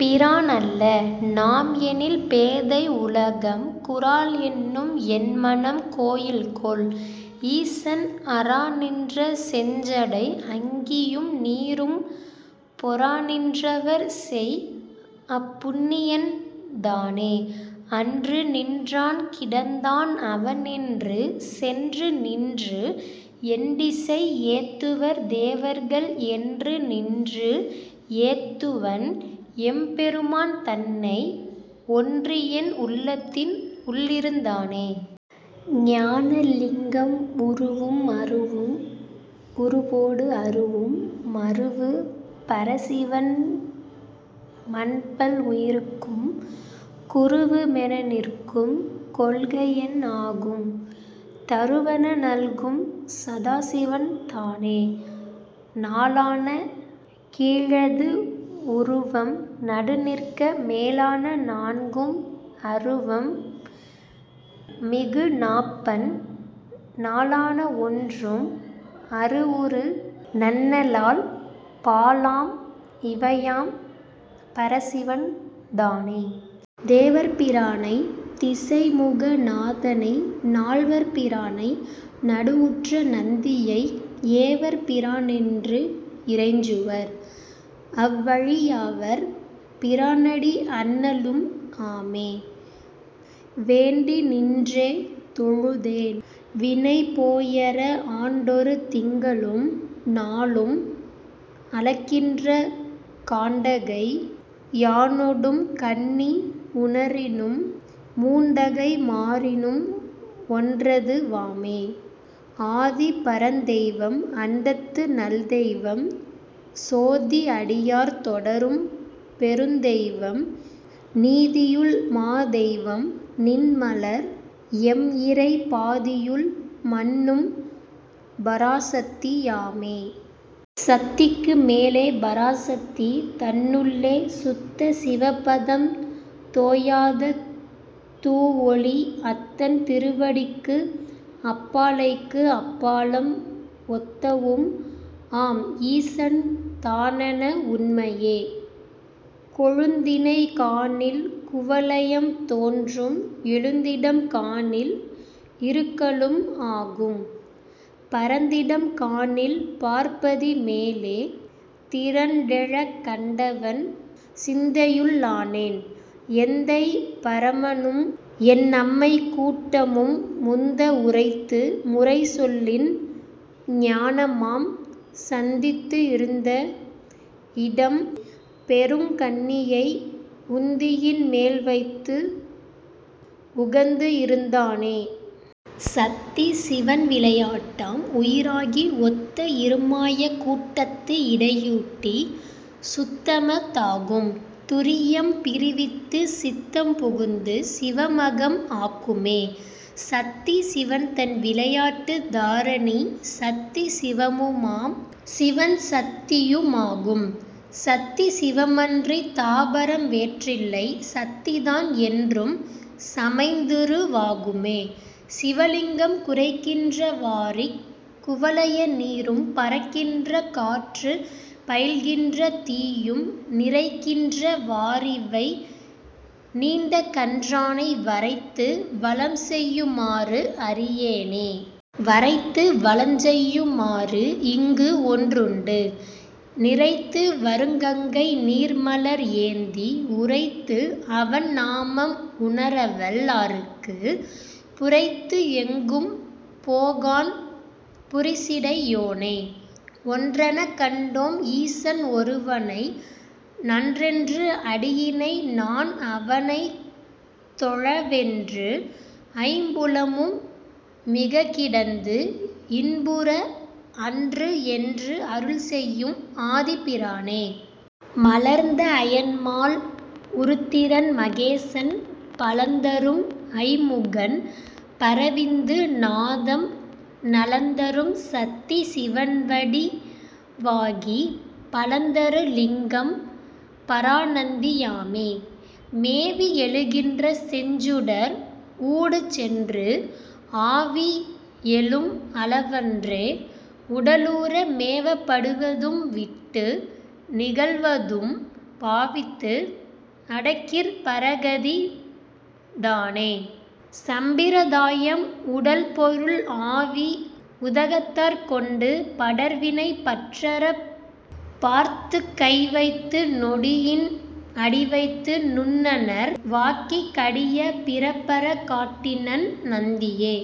பிரான்அல்ல நாம்எனில் பேதை உலகம் குரால்என்னும் என்மனம் கோயில்கொள் ஈசன் அராநின்ற செஞ்சடை அங்கியும் நீரும் பொராநின் றவர்செய்அப் புண்ணியன் தானே. அன்று நின் றான்கிடந் தான்அவன் என்று சென்றுநின்று எண்டிசை ஏத்துவர் தேவர்கள் என்றுநின்று ஏத்துவன் எம்பெரு மான்தன்னை ஒன்றியென் உள்ளத்தின் உள்ளிருந் தானே.. ஞான லிங்கம் உருவும் அருவும் உருவோடு அருவும் மருவு பரசிவன் மன்பல் உயிர்க்கும் குருவு மெனநிற்கும் கொள்கையன் ஆகும் தருவென நல்கும் சதாசிவன் தானே. நாலான கீழது உருவம் நடுநிற்க மேலான நான்கும் அருவம் மிகுநாப்பண் நாலான ஒன்றும் அருவுரு நண்ணலால் பாலாம் இவையாம் பரசிவன் தானே. தேவர் பிரானைத் திசைமுக நாதனை நால்வர் பிரானை நடுவுற்ற நந்தியை ஏவர் பிரான்என்று இறைஞ்சுவர் அவ்வழி யாவர் பிரானடி அண்ணலும் ஆமே. வேண்டிநின் றேதொழு தேன்வினை போயற ஆண்டொரு திங்களும் நாளும் அளக்கின்ற காண்டகை யானொடும் கன்னி உணரினும் மூண்டகை மாறினும் ஒன்றது வாமே. ஆதி பரந்தெய்வம் அண்டத்து நல்தெய்வம் சோதி அடியார் தொடரும் பெருந்தெய்வம் நீதியுள் மாதெய்வம் நின்மலர் எம்இறை பாதியுள் மன்னும் பராசத்தி யாமே. சத்திக்கு மேலே பராசத்தி தன்னுள்ளே சுத்த சிவபதம் தோயாத தூவொளி அத்தன் திருவடிக்கு அப்பாலைக்கு அப்பாலம் ஒத்தவும் ஆம்ஈசன் தானேன உண்மையே. கொழுந்தினைக் காணில் குவலயம் தோன்றும் எழுந்திடம் காணில் இருக்கலும் ஆகும் பரந்திடம் காணில் பார்ப்பதி மேலே திரண்டெழக் கண்டவன் சிந்தையுள் ளானேன். எந்தை பரமனும் என்னம்மை கூட்டமும் முந்த உரைத்து முறைசொல்லின் ஞானமாம் சந்தித்து இருந்த இடம்பெருங் கண்ணியை உந்தியின் மேல்வைத்து உகந்து இருந்தானே. சத்தி சிவன்விளை யாட்டாம் உயிராகி ஒத்த இருமாய கூட்டத்து இடையூட்டிச் சுத்தம தாகும் துரியம் பிறிவித்துச் சித்தம் புகுந்து சிவம்அகம் ஆக்குமே. சத்தி சிவன்தன் விளையாட்டுத் தாரணி சத்தி சிவமுமாம் சிவன்சத் தியுமாகும் சத்தி சிவமன்றித் தாபரம் வேறில்லை சத்திதான் என்றும் சமைந்துரு வாகுமே.. சிவலிங்கம் குரைக்கின்ற வாரிக் குவலய நீரும் பரக்கின்ற காற்றுப் பயில்கின்ற தீயும் நிரைக்கின்ற வாறிவை நீண்டகன் றானை வரைத்து வலம்செயு மாறுஅறி யேனே. வரைத்து வலஞ்செய்யு மாறுஇங்குஒன்று உண்டு நிரைத்து வருகங்கை நீர்மலர் ஏந்தி உரைத்து அவன் நாமம் உணரவல் லார்க்குப் புரைத்துஎங்கும் போகான் புரிசிடை யோனே. ஒன்றெனக் கண்டோ ம் ஈசன் ஒருவனை நன்றென்று அடியிணை நான்அவனைத்தொழ வென்றுஐம் புலமும் மிகக்கிடந்து இன்புற அன்றுஎன்று அருள்செய்யும் ஆதிப் பிரானே. மலர்ந்த அயன்மால் உருத்திரன் மகேசன் பலந்தரும் ஐம்முகன் பரவிந்து நாதம் நலந்தரும் சத்தி சிவன்வடி வாகிப் பலந்தரு லிங்கம் பராநந்தி யாமே. மேவி எழுகின்ற செஞ்சுடர் ஊடுசென்று ஆவி எழும்அள வன்றே உடலுற மேவப் படுவதும் விட்டு நிகழ்வதும் பாவித்து அடக்கிற் பரகதி தானே.. சம்பிரதாயம் உடல்பொருள் ஆவி உதகத்தற் கொண்டு படர்வினை பற்றறப் பார்த்துக்கை வைத்து நொடியின் அடிவைத்து நுண்ணுணர் வாக்கி கடியப் பிறப்பறக் காட்டினன் நந்தியே.